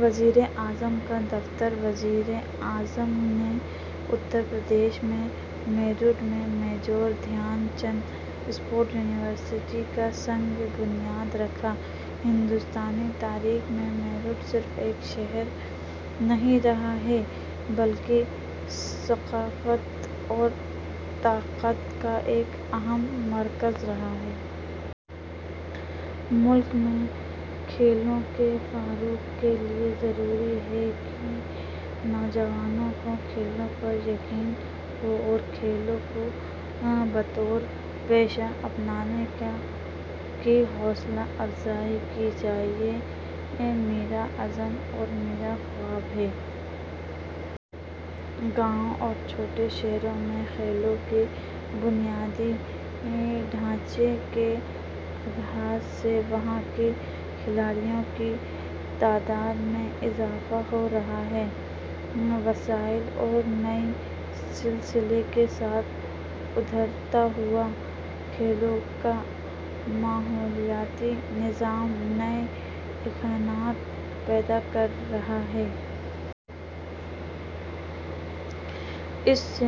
وزیر اعظم کا دفتر وزیر اعظم نے اتر پردیش کے میرٹھ میں Major Dhyan Chand sports university کا سنگِ بنیاد رکھا "ہندوستانی تاریخ میں، میرٹھ صرف ایک شہر نہیں رہا ہے بلکہ ثقافت اور طاقت کا ایک اہم مرکز رہا ہے۔" ملک میں کھیلوں کے فروغ کے لیے ضروری ہے کہ نوجوانوں کو کھیلوں پر یقین ہو اور کھیلوں کو بطور پیشہ اپنانے کی حوصلہ افزائی کی جائے۔ یہ میرا عزم اور میرا خواب ہے۔ "گاؤں اور چھوٹے شہروں میں کھیلوں کے بنیادی ڈھانچے کے آغاز سے، وہاں کے کھلاڑیوں کی تعداد میں اضافہ ہو رہا ہے۔" "وسائل اور نئے سلسلے کے ساتھ ابھرتا ہوا کھیلوں کا ماحولیاتی نظام نئے امکانات پیدا کر رہا ہے۔ اس سے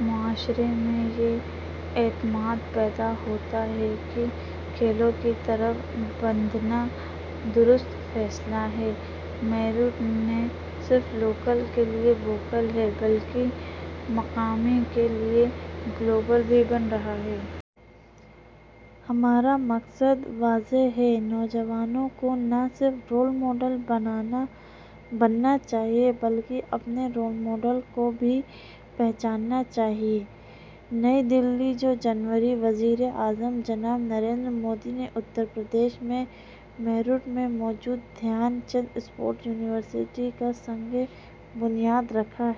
معاشرے میں یہ اعتماد پیدا ہوتا ہے کہ کھیلوں کی طرف بڑھنا درست فیصلہ ہے۔" "میرٹھ نہ صرف لوکل کے لیے ووکل ہے بلکہ مقامی کے لیے گلوبل بھی بن رہا ہے۔" "ہمارا مقصد واضح ہے۔ نوجوانوں کو نہ صرف رول ماڈل بننا چاہیے بلکہ اپنے رول ماڈل کو بھی پہچاننا چاہیے۔" نئی دہلی، دو جنوری۔ وزیر اعظم جناب نریندر مودی نے اتر پردیش کے میرٹھ میں Major Dhyan Chand sports university کا سنگِ بنیاد رکھا۔